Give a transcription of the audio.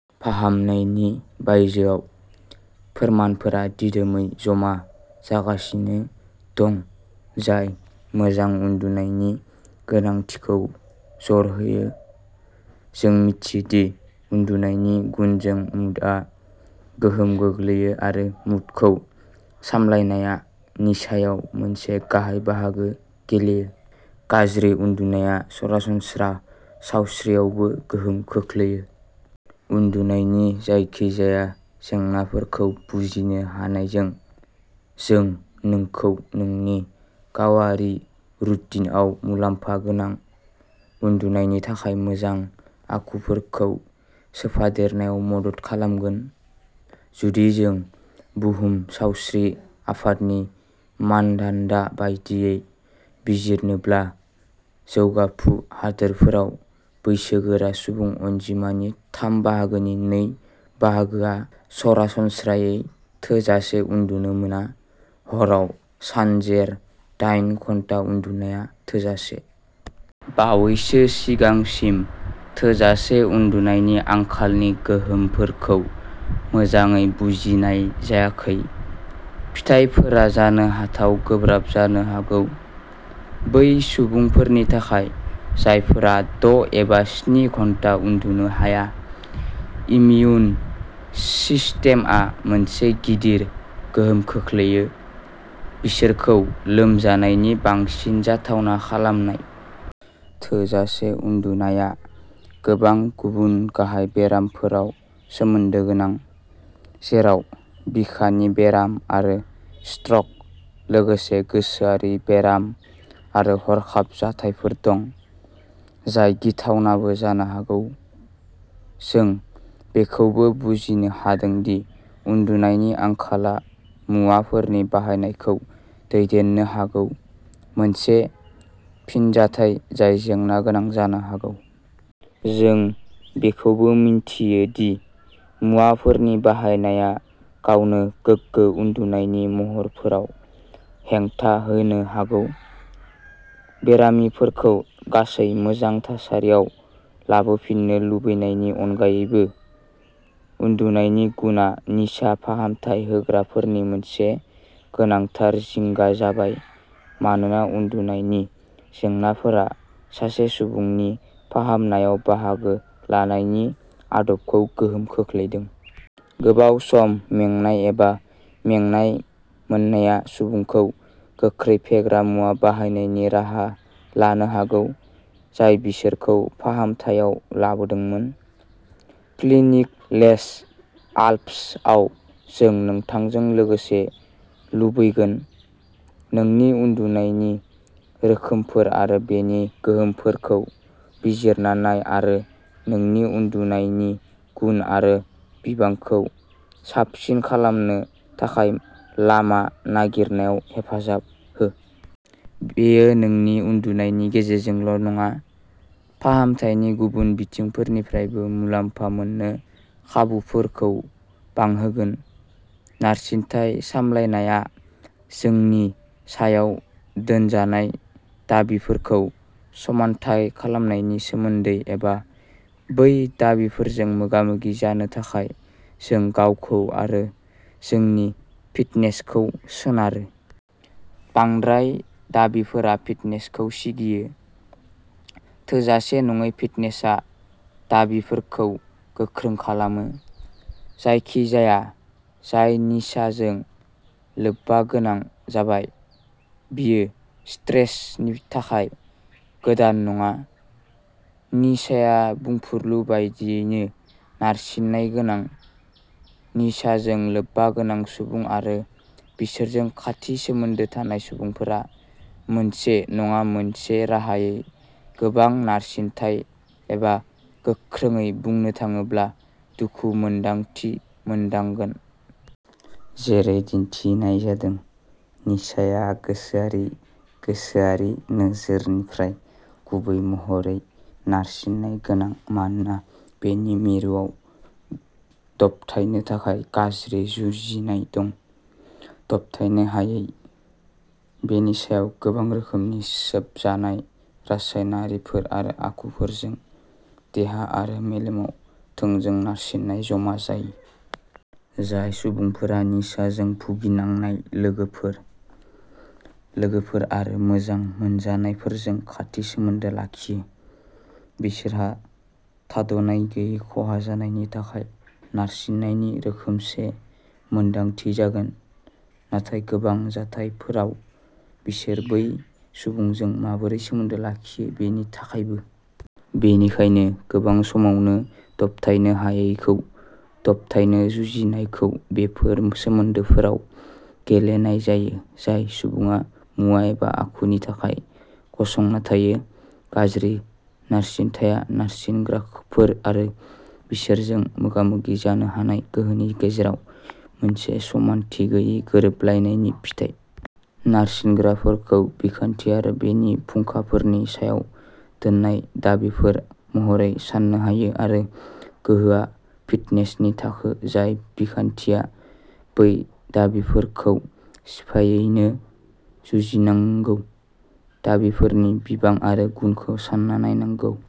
फाहामनायनि बायजोआव। फोरमानफोरा दिदोमै जमा जागासिनो दं जाय मोजां उन्दुनायनि गोनांथिखौ जर होयो। जों मिथियो दि उन्दुनायनि गुनजों मुडआ गोहोम गोग्लैयो आरो मुडखौ सामलायनाया निसायाव मोनसे गाहाय बाहागो गेलेयो। गाज्रि उन्दुनाया सरासनस्रा सावस्रियावबो गोहोम खोख्लैयो। उन्दुनायनि जायखिजाया जेंनाफोरखौ बुजिनो हानायजों, जों नोंखौ नोंनि गावारि रुटिनआव मुलाम्फा गोनां, उन्दुनायनि थाखाय मोजां आखुफोरखौ सोफादेरनायाव मदद खालामगोन। जुदि जों बुहुम सावस्रि आफादनि मानदान्दा बायदियै बिजिरनोब्ला, जौगाफु हादोरफोराव बैसोगोरा सुबुं अनजिमानि थाम बाहागोनि नै बाहागोआ सरासनस्रायै थोजासे उन्दुनो मोना हराव सानजेर दाइन घन्टा उन्दुनाया थोजासे। बावैसो सिगांसिम थोजासे उन्दुनायनि आंखालनि गोहोमफोरखौ मोजाङै बुजिनाय जायाखै। फिथायफोरा जानो हाथाव गोब्राब जानो हागौ। बै सुबुंफोरनि थाखाय जायफोरा द' एबा स्नि घन्टा उन्दुनो हाया, इमिउन सिस्टेमआ मोनसे गिदिर गोहोम खोख्लैयो। बिसोरखौ लोमजानायनि बांसिन जाथावना खालामनाय। थोजासे उन्दुनाया गोबां गुबुन गाहाय बेरामफोराव सोमोन्दो गोनां, जेराव बिखानि बेराम आरो स्ट्रक लोगोसे गोसोआरि बेराम आरो हरखाब जाथायफोर दं, जाय गिथावनाबो जानो हागौ। जों बेखौबो बुजिनो हादों दि उन्दुनायनि आंखालआ मुवाफोरनि बाहायनायखौ दैदेननो हागौ, मोनसे फिनजाथाय जाय जेंनागोनां जानो हागौ। जों बेखौबो मिन्थियो दि मुवाफोरनि बाहायनाया गावनो गोगो उन्दुनायनि महरफोराव हेंथा होनो हागौ। बेरामिफोरखौ गासै मोजां थासारियाव लाबोफिननो लुबैनायनि अनगायैबो, उन्दुनायनि गुनआ निसा फाहामथाय होग्राफोरनि मोनसे गोनांथार जिंगा जाबाय मानोना उन्दुनायनि जेंनाफोरा सासे सुबुंनि फाहामनायाव बाहागो लानायनि आदबखौ गोहोम खोख्लैदों। गोबाव सम मेंनाय एबा मेंनाय मोननाया सुबुंखौ गोख्रै फेग्रा मुवा बाहायनायनि राहा लानो हागौ जाय बिसोरखौ फाहामथायाव लाबोदोंमोन। क्लिनिक लेस आल्प्सआव जों नोंथांजों लोगोसे लुबैगोन। नोंनि उन्दुनायनि रोखोमफोर आरो बेनि गोहोमफोरखौ बिजिरना नाय आरो नोंनि उन्दुनायनि गुन आरो बिबांखौ साबसिन खालामनो थाखाय लामा नागिरनायाव हेफाजाब हो। बेयो नोंनि उन्दुनायनि गेजेरजोंल' नङा, फाहामथायनि गुबुन बिथिंफोरनिफ्रायबो मुलाम्फा मोननो खाबुफोरखौ बांहोगोन। नारसिनथाय सामलायनाया जोंनि सायाव दोनजानाय दाबिफोरखौ समानथाय खालामनायनि सोमोन्दै एबा बै दाबिफोरजों मोगा-मोगि जानो थाखाय जों गावखौ आरो जोंनि फिटनेसखौ सोनारो। बांद्राय दाबिफोरा फिटनेसखौ सिगियो। थोजासे नङै फिटनेसआ दाबिफोरखौ गोख्रों खालामो। जायखिजाया जाय निसाजों लोब्बागोनां जाबाय, बियो स्ट्रेसनि थाखाय गोदान नङा। निसाया बुंफुरलु बायदियैनो नारसिननाय गोनां। निसाजों लोब्बागोनां सुबुं आरो बिसोरजों खाथि सोमोन्दो थानाय सुबुंफोरा मोनसे नङा मोनसे राहायै गोबां नारसिनथाय-एबा गोख्रोङै बुंनो थाङोब्ला, दुखु-मोन्दांथि मोनदांगोन। जेरै दिनथिनाय जादों, निसाया गोसोआरि-गोसोआरि नोजोरनिफ्राय गुबै महरै नारसिननाय गोनां मानोना बेनि मिरुआव दबथायनो थाखाय गाज्रि जुजिनाय दं। दबथायनो हायै। बेनि सायाव गोबां रोखोमनि सोबजानाय रासायनारिफोर आरो आखुफोरजों देहा आरो मेलेमाव थोंजों नारसिननाय जमा जायो। जाय सुबुंफोरा निसाजों भुगिनांनाय लोगोफोर, लोगोफोर आरो मोजां मोनजानायफोरजों खाथि सोमोन्दो लाखियो, बिसोरहा थादनाय गैयै खहा जानायनि थाखाय नारसिननायनि रोखोमसे मोन्दांथि जागोन, नाथाय गोबां जाथायफोराव बिसोर बै सुबुंजों माबोरै सोमोन्दो लाखियो बेनि थाखायबो। बेनिखायनो गोबां समावनो दबथायनो हायैखौ दबथायनो जुजिनायखौ बेफोर सोमोन्दोफोराव गेलेनाय जायो जाय सुबुङा मुवा एबा आखुनि थाखाय गसंना थायो। गाज्रि नारसिनथाया नारसिनग्राफोर आरो बिसोरजों मोगा-मोगि जानो हानाय गोहोनि गेजेराव मोनसे समानथि गैयै गोरोबलायनायनि फिथाय। नारसिनग्राफोरखौ बिखान्थि आरो बेनि फुंखाफोरनि सायाव दोननाय दाबिफोर महरै साननो हायो आरो गोहोआ फिटनेसनि थाखो जाय बिखान्थिया बै दाबिफोरखौ सिफायैनो जुजिनांगौ। दाबिफोरनि बिबां आरो गुनखौ सान्ना नायनांगोन।